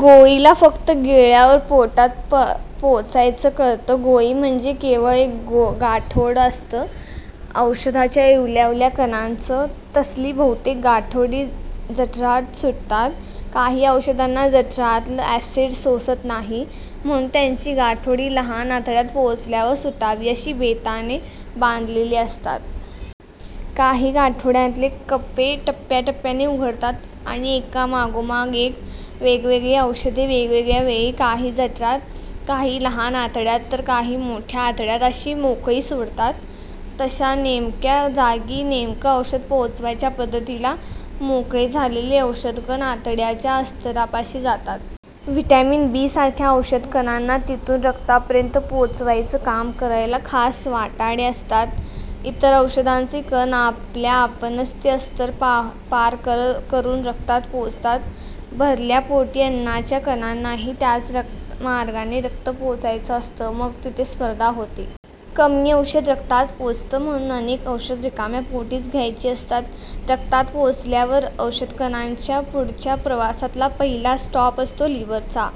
गोळीला फक्त गिळल्यावर पोटात पोचायचं कळतं. गोळी म्हणजे केवळ एक गाठोडं असतं, औषधाच्या इवल्याइवल्या कणांचं. तसली बहुतेक गाठोडी जठरात सुटतात. काही औषधांना जठरातलं अॅसिड सोसत नाही. म्हणून त्यांची गाठोडी लहान आतड्यात पोचल्यावरच सुटावी अशा बेताने बांधलेली असतात. काही गाठोड्यांतले कप्पे टप्प्याटप्प्याने उघडतात आणि एकामागोमाग एक वेगवेगळी औषधं वेगवेगळ्या वेळी, काही जठरात, काही लहान आतड्यात तर काही मोठ्या आतड्यात अशी मोकळी सोडतात. तशा नेमक्या जागी नेमकं औषध पोचवायच्या पद्धतीला म्हणतात. मोकळे झालेले औषधकण आतड्याच्या अस्तरापाशी जातात. व्हिटॅमिन बीसारख्या औषधकणांना तिथून रक्तापर्यंत पोचवायचं काम करायला खास वाटाडे असतात. इतर औषधांचे कण आपल्याआपणच ते अस्तर पार करून रक्तात पोचतात. भरल्या पोटी अन्नाच्या कणांनाही त्याच मार्गाने रक्तात पोचायचं असतं. मग तिथे स्पर्धा होते. कमी औषध रक्तात पोचतं. म्हणून अनेक औषधं रिकाम्या पोटीच घ्यायची असतात. रक्तात पोचल्यावर औषधकणांच्या पुढच्या प्रवासातला पहिला स्टॉप असतो लिव्हरचा.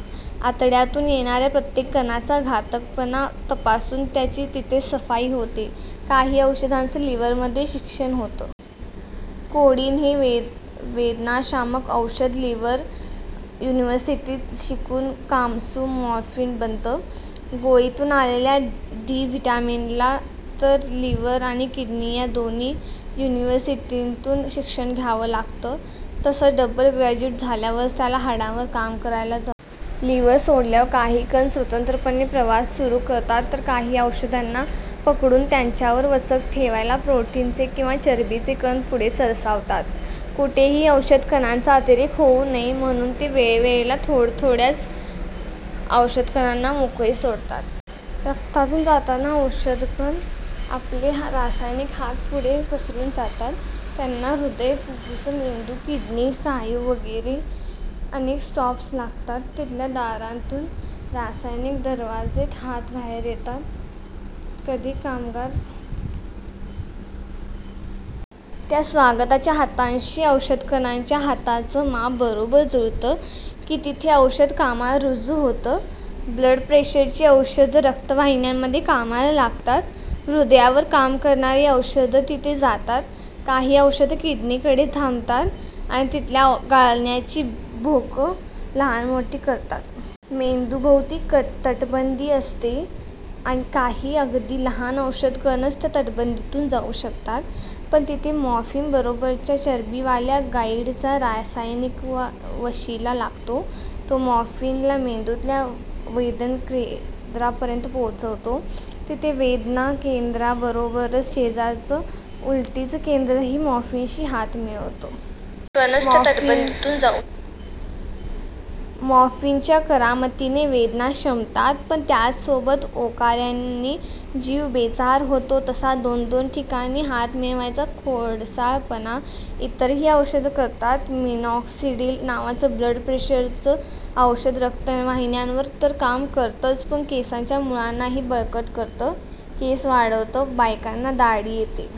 आतड्यातून येणाऱ्या प्रत्येक कणाचा घातकपणा तपासून त्याची तिथे सफाई होते. काही औषधांचं लिव्हरमध्ये शिक्षण होतं. कोडीन हे वेदनाशामक औषध लिव्हर युनिव्हर्सिटीत शिकून कामसू मॉर्फीन बनतं. गोळीतून आलेल्या डी व्हिटॅमिनला तर लिव्हर आणि किडनी या दोन युनिव्हर्सिट्यांतून शिक्षण घ्यावं लागतं. तसं डबल ग्रॅज्युएट झाल्यावरच त्याला हाडांवर काम करायला जमतं. लिव्हर सोडल्यावर काही कण स्वतंत्रपणे प्रवास सुरू करतात, तर काही औषधांना पकडून त्यांच्यावर वचक ठेवायला प्रोटीनचे किंवा चरबीचे कण पुढे सरसावतात. कुठेही औषधकणांचा अतिरेक होऊ नये म्हणून ते वेळेला थोड्याथोड्याच औषधकणांना मोकळे सोडतात. रक्तातून जाताना औषधकण आपले रासायनिक हात पुढे पसरून जातात. त्यांना हृदय, फुप्फुसं, मेंदू, किडनी, स्नायू वगैरे अनेक स्टॉप्स लागतात. तिथल्या दारांतून रासायनिक दरवानांचे हात बाहेर येतात. कधी कामगार-प्रोटीन्स हात पुढे करून स्वागताला उभी असतात. त्या स्वागताच्या हातांशी औषधकणांच्या हातांचं माप बरोब्बर जुळलं की तिथे औषध कामाला रुजू होतं. ब्लडप्रेशरची औषधं रक्तवाहिन्यांमध्ये कामाला लागतात. हृदयावर काम करणारी औषधं तिथे जातात. काही औषधं किडनीकडे थांबतात आणि तिथल्या गाळण्याची भोकं लहानमोठी करतात. मेंदूभोवती कडेकोट तटबंदी असते. काही अगदी लहान औषधकणच त्या तटबंदीतून जाऊ शकतात. पण तिथे मॉर्फीनबरोबरच्या चरबीवाल्या गाइडचा रासायनिक वशिला लागतो. तो मॉर्फीनला मेंदूतल्या वेदनाकेंद्रापर्यंत पोचवतो. तिथे वेदनाकेंद्राबरोबरच शेजारचं उलटीचं केंद्रही मॉर्फीनशी हात मिळवतं. मॉर्फीनच्या करामतीने वेदना शमतात, पण त्याचसोबत ओकाऱ्यांनी जीव बेजार होतो. तसा दोनदोन ठिकाणी हात मिळवायचा खोडसाळपणा इतरही औषधं करतात. मिनॉक्सिडिल नावाचं ब्लड प्रेशरवरचं औषध रक्तवाहिन्यांवर तर काम करतंच, पण केसांच्या मुळांनाही बळकट करतं, केस वाढवतं. बायकांना दाढी येते!